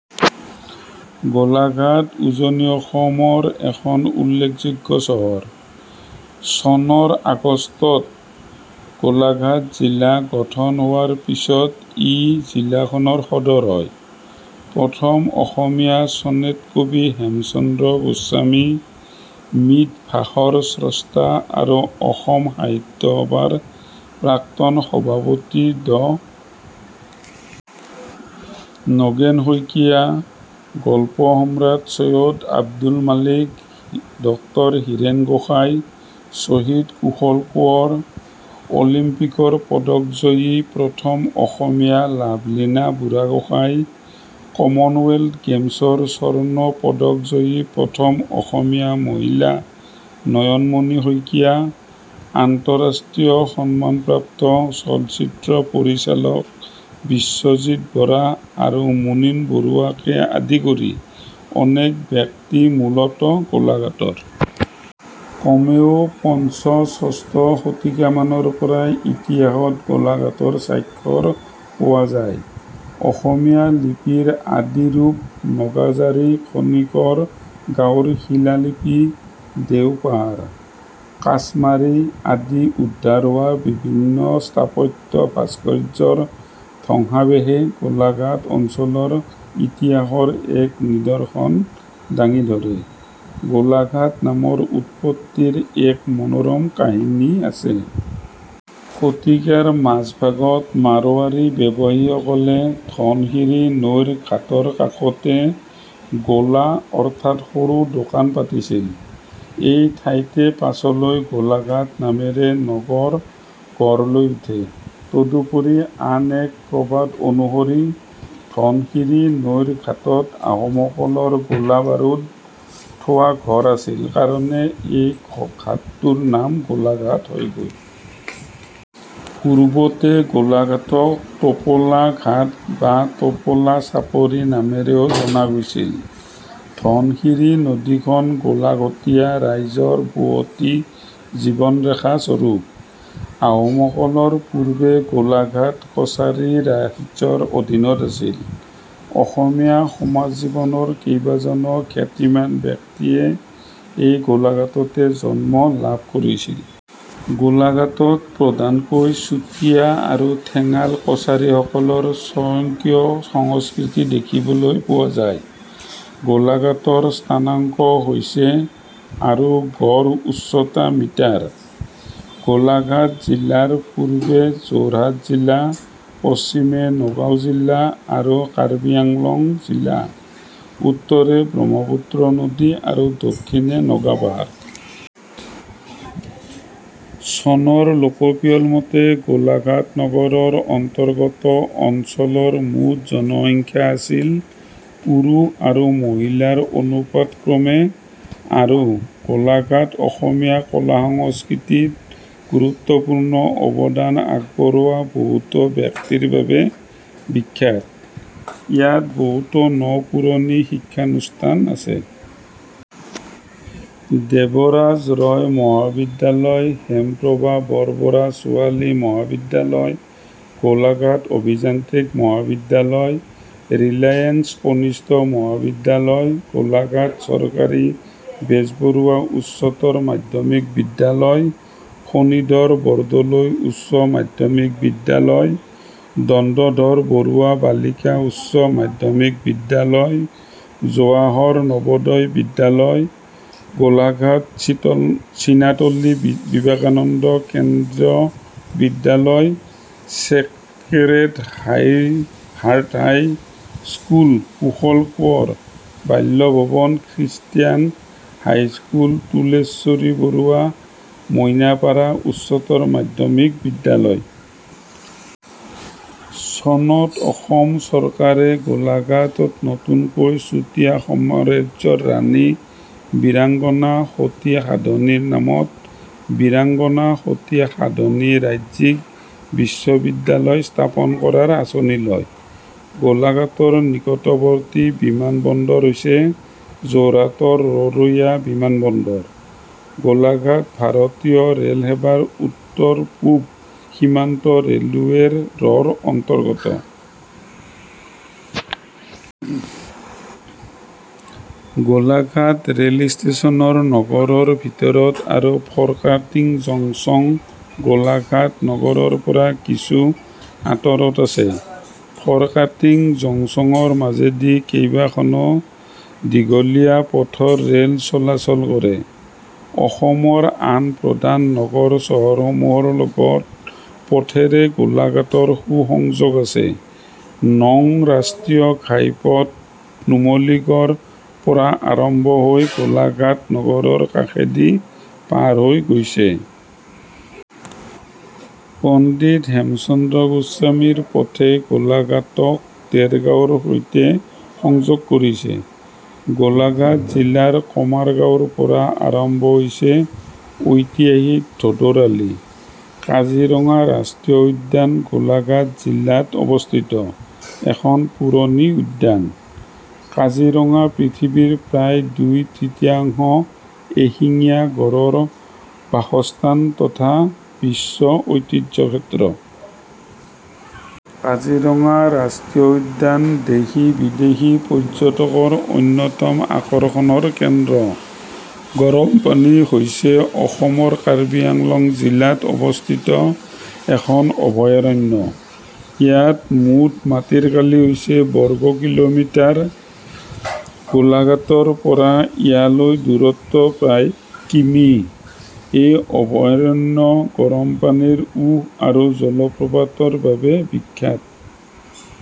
গোলাঘাট উজনি অসম ৰ এখন উল্লেখযোগ্য চহৰ। চনৰ আগষ্টত গোলাঘাট জিলা গঠন হোৱাৰ পিছত ই জিলাখনৰ সদৰ হয়। প্ৰথম অসমীয়া চনেট কবি হেমচন্দ্ৰ গোস্বামী, মিতভাষৰ স্ৰষ্টা তথা অসম সাহিত্য সভাৰ প্ৰাক্তন সভাপতি ড নগেন শইকীয়া, গল্প সম্ৰাট চৈয়দ আব্দুল মালিক, ড হীৰেন গোহাঁই, শ্বহীদ কুশল কোঁৱৰ, অলিম্পিকৰ পদকজয়ী প্ৰথম অসমীয়া লাভলীনা বৰগোহাঁই, কমনৱেলথ গেমছৰ স্বৰ্ণ পদকজয়ী প্ৰথম অসমীয়া মহিলা নয়নমণি শইকীয়া, আন্তঃৰাষ্ট্ৰীয় সন্মানপ্ৰাপ্ত চলচ্চিত্ৰ পৰিচালক বিশ্বজিৎ বৰা আৰু মুনিন বৰুৱাকে আদি কৰি অনেক ব্যক্তি মূলতঃ গোলাঘাটৰ। কমেও পঞ্চম-ষষ্ঠ শতিকামানৰ পৰাই ইতিহাসত গোলাঘাটৰ স্বাক্ষৰ পোৱা যায়। অসমীয়া লিপিৰ আদিৰূপ নগাজৰি খনিকৰ গাঁৱৰ শিলালিপি, দেওপাহাৰ, কাছমাৰী আদিত উদ্ধাৰ হোৱা বিভিন্ন স্থাপত্য-ভাস্কৰ্যৰ ধ্বংসাৱশেষে গোলাঘাট অঞ্চলৰ ইতিহাসৰ এক নিদৰ্শন ডাঙি ধৰে। গোলাঘাট নামৰ উৎপত্তিৰ এক মনোৰম কাহিনী আছে। শতিকাৰ মাজভাগত মাৰোৱাৰী ব্যৱসায়ীসকলে ধনশিৰী নৈৰ ঘাটৰ কাষতে 'গোলা' অৰ্থাৎ সৰু দোকান পাতিছিল। এই ঠাইতে পাছলৈ গোলাঘাট নামেৰে নগৰ গঢ়লৈ উঠে। তদুপৰি আন এক প্ৰবাদ অনুসৰি ধনশিৰী নৈৰ ঘাটত আহোমসকলৰ গোলা-বাৰুদ থোৱা ঘৰ আছিল কাৰণে এই ঘাটটোৰ নাম গোলাঘাট হয়গৈ। পূৰ্বতে গোলাঘাটক টোপোলা ঘাট বা টোপোলা চাপৰি নামেৰেও জনা গৈছিল। ধনশিৰী নদীখন গোলাঘটীয়া ৰাইজৰ বোঁৱতী জীৱন ৰেখা স্বৰূপ। আহোমসকলৰ পূৰ্বে গোলাঘাট কছাৰী ৰাজ্যৰ অধীনত আছিল। অসমীয়া সমাজ জীৱনৰ কেইবাজনো খ্যাতিমান ব্যক্তিয়ে এই গোলাঘাটতে জন্ম লাভ কৰিছিল। গোলাঘাটত প্ৰধানকৈ চুতীয়া আৰু ঠেঙাল কছাৰীসকলৰ স্বকীয় সংস্কৃতি দেখিবলৈ পোৱা যায়। গোলাঘাটৰ স্থানাংক হৈছে /../; আৰু গড় উচ্চতা মিটাৰ। গোলাঘাট জিলাৰ পূবে যোৰহাট জিলা, পশ্চিমে নগাঁও জিলা আৰু কাৰ্বি আংলং জিলা, উত্তৰে ব্ৰহ্মপুত্ৰ নদী আৰু দক্ষিণে নগা পাহাৰ। চনৰ লোকপিয়ল মতে গোলাঘাট নগৰৰ অন্তৰ্গত অঞ্চলৰ মুঠ জনসংখ্যা আছিল। পুৰুষ আৰু মহিলাৰ অনুপাত ক্ৰমে আৰু। গোলাঘাট অসমীয়া কলা সংস্কৃতিত গুৰুত্বপূ্ৰ্ণ অৱদান আগবঢ়োৱা বহুতো ব্যক্তিৰ বাবে বিখ্যাত। ইয়াত বহুতো ন পুৰণি শিক্ষানুষ্ঠান আছে। দেৱৰাজ ৰয় মহাবিদ্যালয় হেমপ্ৰভা বৰবৰা ছোৱালী মহাবিদ্যালয় গোলাঘাট অভিযান্ত্ৰিক মহাবিদ্যালয় ৰিলায়েন্স কনিষ্ঠ মহাবিদ্যালয় গোলাঘাট চৰকাৰী বেজবৰুৱা উচ্চতৰ মাধ্যমিক বিদ্যালয় ফণীধৰ বৰদলৈ উচ্চ মাধ্যমিক বিদ্যালয় দন্দধৰ বৰুৱা বালিকা উচ্চ মাধ্যমিক বিদ্যালয় জৱাহৰ নবোদয় বিদ্যালয়, গোলাঘাট, চিনাতলী বিবেকানন্দ কেন্দ্ৰ বিদ্যালয় Chequered Heart High School Kushal Konwar বাল্য ভৱন খ্ৰীষ্টীয়ান হাইস্কুল তুলেশ্বৰী বৰুৱা মইনাপাৰ উচ্চতৰ মাধ্যমিক বিদ্যালয়। চনত অসম চৰকাৰে গোলাঘাটত নতুনকৈ চুতীয়া সাম্ৰাজ্যৰ ৰাণী বীৰাংগনা সতী সাধনীৰ নামত ' বীৰাংগনা সতী সাধনী ৰাজ্যিক বিশ্ববিদ্যালয় ' স্থাপন কৰাৰ আঁচনি লয়। গোলাঘাটৰ নিকটৱৰ্তী বিমান বন্দৰ হৈছে যোৰহাটৰ ৰৰৈয়া বিমানবন্দৰ। গোলাঘাট ভাৰতীয় ৰেলসেৱা ৰ উত্তৰ-পূব সীমান্ত ৰে'লসেৱা ৰ অন্তৰ্গত। গোলাঘাট ৰেল ষ্টেচন নগৰৰ ভিতৰত আৰু ফৰকাটিং জংচন গোলাঘাট নগৰৰ পৰা কিছু আঁতৰত আছে। ফৰকাটিং জংছনৰ মাজেদি কেইবাখনো দীঘলীয়া পথৰ ৰে'ল চলাচল কৰে। অসমৰ আন প্ৰধান নগৰ-চহৰসমূহৰ লগত পথেৰে গোলাঘাটৰ সু-সংযোগ আছে। নং ৰাষ্ট্ৰীয় ঘাইপথ নুমলীগড়ৰ পৰা আৰম্ভ হৈ গোলাঘাট নগৰৰ কাষেদি পাৰ হৈ গৈছে। পণ্ডিত হেমচন্দ্ৰ গোস্বামী পথে গোলাঘাটক দেৰগাঁৱ ৰ সৈতে সংযোগ কৰিছে। গোলাঘাট জিলাৰ কমাৰগাঁৱৰ পৰা আৰম্ভ হৈছে ঐতিহাসিক ধোদৰ আলি। কাজিৰঙা ৰাষ্ট্ৰীয় উদ্যান গোলাঘাট জিলাত অৱস্থিত এখন ৰাষ্ট্ৰীয় উদ্যান। কাজিৰঙা পৃথিৱীৰ প্ৰায় দুই তৃতীয়াংশ এশিঙীয়া গঁড় ৰ বাসস্থান তথা বিশ্ব ঐতিহ্যক্ষেত্ৰ। কাজিৰঙা ৰাষ্ট্ৰীয় উদ্যান দেশী বিদেশী পৰ্যটকৰ অন্যতম আকৰ্ষণৰ কেন্দ্ৰ। গৰমপানী হৈছে অসমৰ কাৰ্বি আংলং জিলাত অৱস্থিত এখন অভয়াৰণ্য। ইয়াৰ মুঠ মাটিকালি হৈছে -বৰ্গ-কিলোমিটাৰ। গোলাঘাটৰ পৰা ইয়ালৈ দূৰত্ব প্ৰায় কিমি। এই অভয়াৰণ্য গৰমপানীৰ উঁহ আৰু জলপ্ৰপাতৰ বাবে বিখ্যাত।